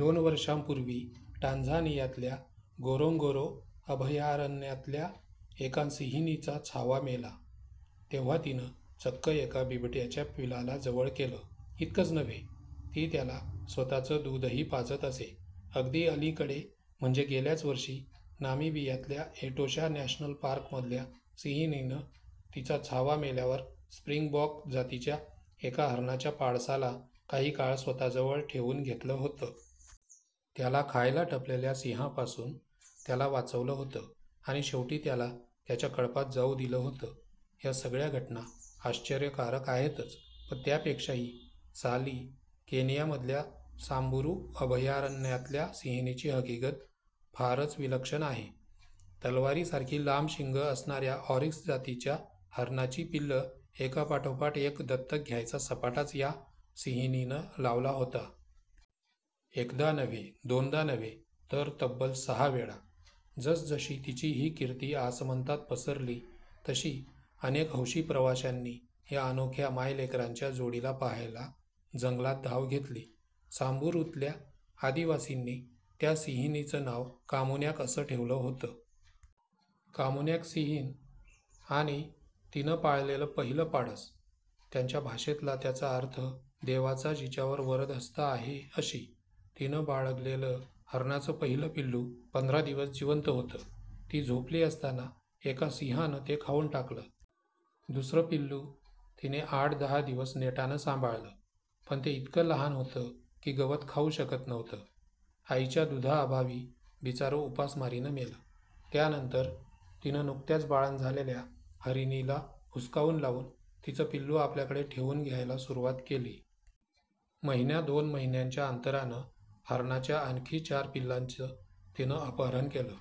दोन वर्षांपूर्वी टांझानियातल्या गोरोंगोरो अभयारण्यातल्या एका सिंहिणीचा छावा मेला. तेव्हा तिनं चक्क एका बिबट्याच्या पिलाला जवळ केलं. इतकंच नव्हे, ती त्याला स्वतःचं दूधही पाजत असे. अगदी अलीकडे म्हणजे गेल्याच वर्षी नामीबियातल्या एटोशा नॅशनल पार्कमधल्या सिंहिणीनं तिचा छावा मेल्यावर स्प्रिंगबॉक जातीच्या एका हरणाच्या पाडसाला काही काळ स्वतःजवळ ठेवून घेतलं होतं. त्याला खायला टपलेल्या सिंहांपासून त्याला वाचवलं होतं आणि शेवटी त्याला त्याच्या कळपात जाऊ दिलं होतं. या सगळ्या घटना आश्चर्यकारक आहेतच. पण त्यापेक्षाही साली केनियामधल्या सांबुरू अभयारण्यातल्या सिंहिणीची हकिगत फारच विलक्षण आहे. तलवारीसारखी लांब शिंगं असणाऱ्या ऑरिक्स जातीच्या हरणाची पिल्लं एकापाठोपाठ एक 'दत्तक घ्यायचा' सपाटाच या सिंहिणीनं लावला होता. एकदा नव्हे, दोनदा नव्हे, तर तब्बल सहा वेळा! जसजशी तिची ही कीर्ती आसमंतात पसरली, तशी अनेक हौशी प्रवाशांनी या अनोख्या मायलेकरांच्या जोडीला पाहायला जंगलात धाव घेतली. सांबुरूतल्या आदिवासींनी त्या सिंहिणीचं नाव 'कामुन्याक' असं ठेवलं होतं. कामुन्याक सिंहीण आणि तिनं पाळलेलं पहिलं पाडस, त्यांच्या भाषेतला त्याचा अर्थ 'देवाचा जिच्यावर वरदहस्त आहे, अशी'. तिनं बाळगलेलं हरणाचं पहिलं पिल्लू पंधरा दिवस जिवंत होतं. ती झोपली असताना एका सिंहानं ते खाऊन टाकलं. दुसरं पिल्लू तिनं आठ-दहा दिवस नेटानं सांभाळलं, पण ते इतकं लहान होतं की गवत खाऊ शकत नव्हतं. आईच्या दुधाअभावी बिचारं उपासमारीनं मेलं. त्यानंतर तिनं नुकत्याच बाळंत झालेल्या हरिणीला हुसकावून लावून तिचं पिल्लू आपल्याकडे ठेवून घ्यायला सुरुवात केली. महिन्या-दोन महिन्यांच्या अंतरानं हरणाच्या आणखी चार पिल्लांचं तिनं अपहरण केलं.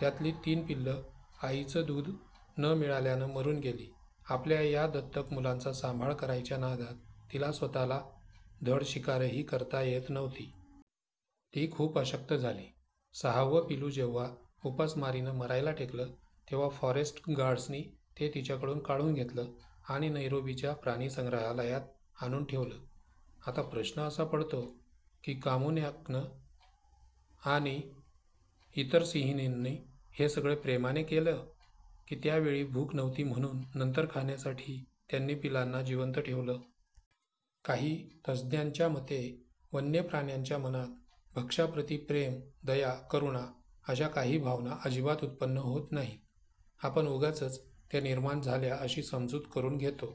त्यातली तीन पिल्लं आईचं दूध न मिळाल्यानं मरून गेली. आपल्या या दत्तक मुलांचा सांभाळ करायच्या नादात तिला स्वतःला धड शिकारही करता येत नव्हती. ती खूप अशक्त झाली. सहावं पिल्लू जेव्हा उपासमारीनं मरायला टेकलं, तेव्हा फॉरेस्ट गार्ड्सनी ते तिच्याकडून काढून घेतलं आणि नैरोबीच्या प्राणीसंग्रहालयात आणून ठेवलं. आता प्रश्न असा पडतो की कामुन्याकनं आणि इतर सिंहिणींनी हे सगळं प्रेमानं केलं, की त्या वेळी भूक नव्हती म्हणून नंतर खाण्यासाठी त्यांनी पिल्लांना जिवंत ठेवलं? काही तज्ज्ञांच्या मते वन्य प्राण्यांच्या मनात भक्ष्याप्रती प्रेम, दया, करुणा अशा काही भावना अजिबात उत्पन्न होत नाहीत. आपण उगाचच त्या निर्माण झाल्या अशी समजूत करून घेतो.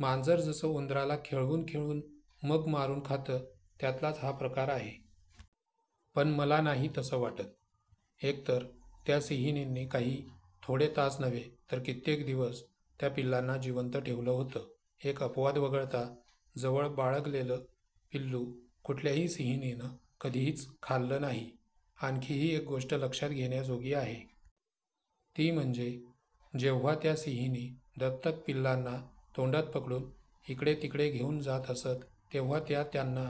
मांजर जसं उंदराला खेळवून खेळवून मग मारून खातं, त्यातलाच हा प्रकार आहे. पण मला नाही तसं वाटत. एकतर त्या सिंहिणींनी काही थोडे तास नव्हे, तर कित्येक दिवस त्या पिल्लांना जिवंत ठेवलं होतं. एक अपवाद वगळता, जवळ बाळगलेलं पिल्लू कुठल्याही सिंहिणीनं कधीच खाल्लं नाही. आणखीही एक गोष्ट लक्षात घेण्याजोगी आहे. ती म्हणजे जेव्हा त्या सिंहिणी दत्तक पिल्लांना तोंडात पकडून इकडे-तिकडे घेऊन जात असत, तेव्हा त्या त्यांना